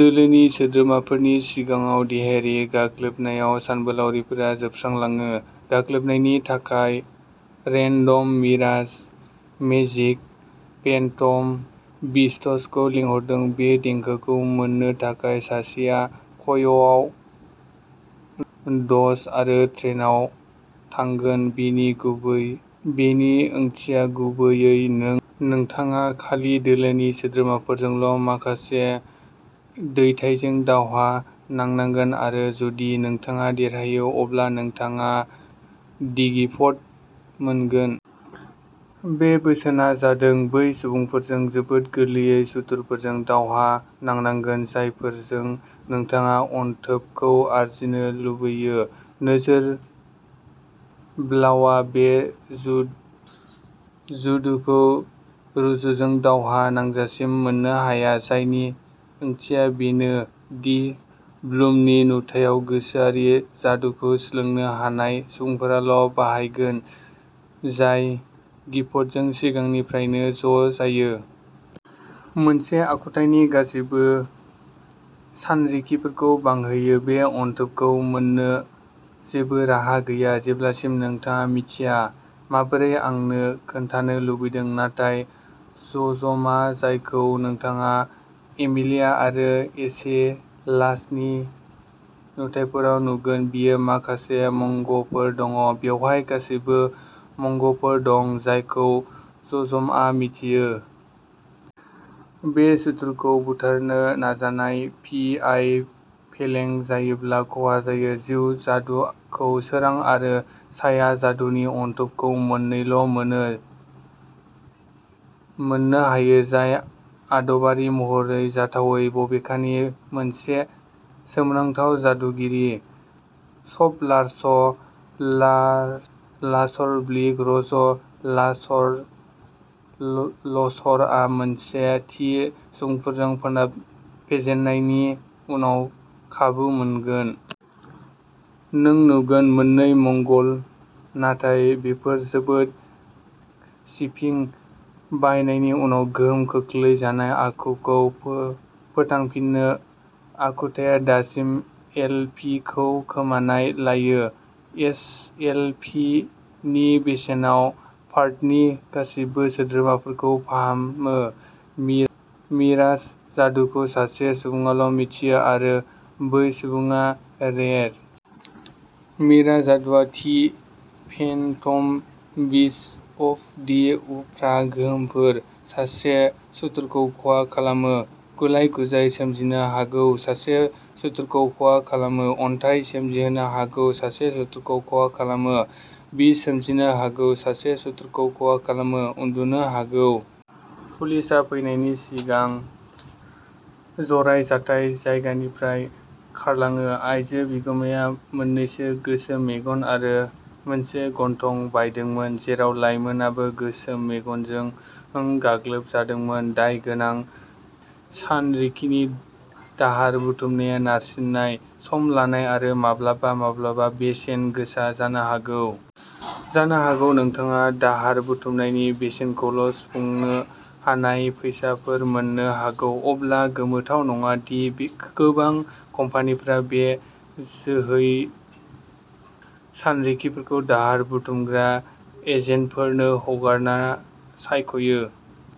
दोलोनि सोद्रोमाफोरनि सिगाङाव देहायारि गाग्लोबनायाव सानबोलावरिफोरा जोबस्रांलाङो। गाग्लोबनो थाखाय रेन्डम मिराज मेजिक फेन्टम बिस्ट्सखौ लिंहरोदों। बे देंखोखौ मोन्नो थाखाय सासेया क्य'आव द'ज' आरो "ट्रेन" आव थांनांगोन। बेनि गुबै बेनि ओंथिया गुबैयै नोंथाङा खालि सासे दोलोनि सोद्रोमाजोंल' माखासे दैत्यजों दावहा नांनांगोन आरो जुदि नोंथाङा देरहायो, अब्ला नोंथाङा "दि गिफ्ट" मोनगोन। मोनसे बोसोनआ जादों बै सुबुंफोरजों जोबोद गोरलै सुथुरफोरजों दावहा नांनांगौ जायफोरजों नोंथाङा अनथोबखौ आरजिनो लुगैयो। नोजोरः ब्लुआ बे जादुखौ रुजजों दावहा नांजासिम मोननो हाया, जायनि ओंथिया बेनो दि ब्लुनि नुथायाव गोसोआरि जादुखौ सोलोंनो हानाय सुबुंफोराल' बाहायगोन जाय गिफ्टजों सिगांनिफ्रायनो ज' जायो। मोनसे आखुथायनि गासैबो सानरिखिफोरखौ बांहोयो। बे अनथोबखौ मोन्नो जेबो राहा गैया, जेब्लासिम नोंथाङा मिन्थिया। माबोरै, आंनो खोन्थानो लुबैदों? नाथाय... ज'ज्मा, जायखौ नोंथाङा एमिलिया आरो एसेलासनि नुथाइफोराव नुगोन, बेयाव माखासे मंत्रफोर दं। बेवहाय गासैबो मंत्रफोर दं जायखौ ज'ज्माआ मिथियो। सासे सुथुरखौ बुथारनो नाजानाय; पि आ फेलें जायोब्ला खहा जायो। जिउ जादुखौ सोरां आरो साया जादुनि अनथोबखौ मोननानैल' मोनो मोननो हायो, जाय आदबारि महरै जाथावै। बबेखानि, सासे सोमोनांथाव जादुगिरि स्प'लारस्प'लार्सब्लिउय'र'जस्प'लार्सस्प'लार्स आ मोनसे थि सुबुंखौ फोनां फेजेननायनि उनाव खाबु मोनगोन। नों नुगोन। मोननै मंत्रल', नाथाय बेफोर जोबोद "स्पिफि"। बाहायनायनि उनाव गोहोम खोख्लैजानाय आखुखौ फोथांफिनो, आखुथाया दासिमबो एल. पि. खौ खोमाना लायो। से एल. पि. नि बेसेनाव पार्टिनि गासिबो सोद्रोमाफोरखौ फाहामो। मिराज जादुखौ सासे सुबुङाल' मिथियो आरो बै सुबुङा रेइ। मिराज जादुआ थि फेन्टम बिस्ट्स अफ दि उफ्रा गोहोमफोर। सासे सुथुरखौ खहा खालामो, "गुलाय-गुजाय" सोमजिहोनो हागौ। सासे सुथुरखौ खहा खालामो, "अन्थाइ" सोमजिहोनो हागौ। सासे सुथुरखौ खहा खालामो, "बिस" सोमजिहोनो हागौ। सासे सुथुरखौ खहा खालामो, "उन्दुनो" हागौ। पुलिसआ फैनायनि सिगां जराया जाथाय जायगानिफ्राय खारलाङो। आइजो बिगोमाया मोननै गोसोम मेगन आरो मोनसे गन्थं बायदोंमोन, जेराव लाइमोनआबो गोसोम मेगनजों गाग्लोबजादोंमोन। दायगोनां सानरिखिनि दाहार बुथुमनाया नारसिननाय, सम लानाय आरो माब्लाबा-माब्लाबा बेसेन गोसा जानो हागौ। जानो हागौ, नोंथाङा दाहार बुथुमनायनि बेसेनखौल' सुफुंनो हानाय फैसाफोर मोननो हागौ। अब्ला, गोमोथाव नङा दि गोबां कम्पानिफोरा बे होजायै सानरिखिफोरखौ दाहार बुथुमग्रा एजेन्सिफोरनो हगारनो सायख'यो।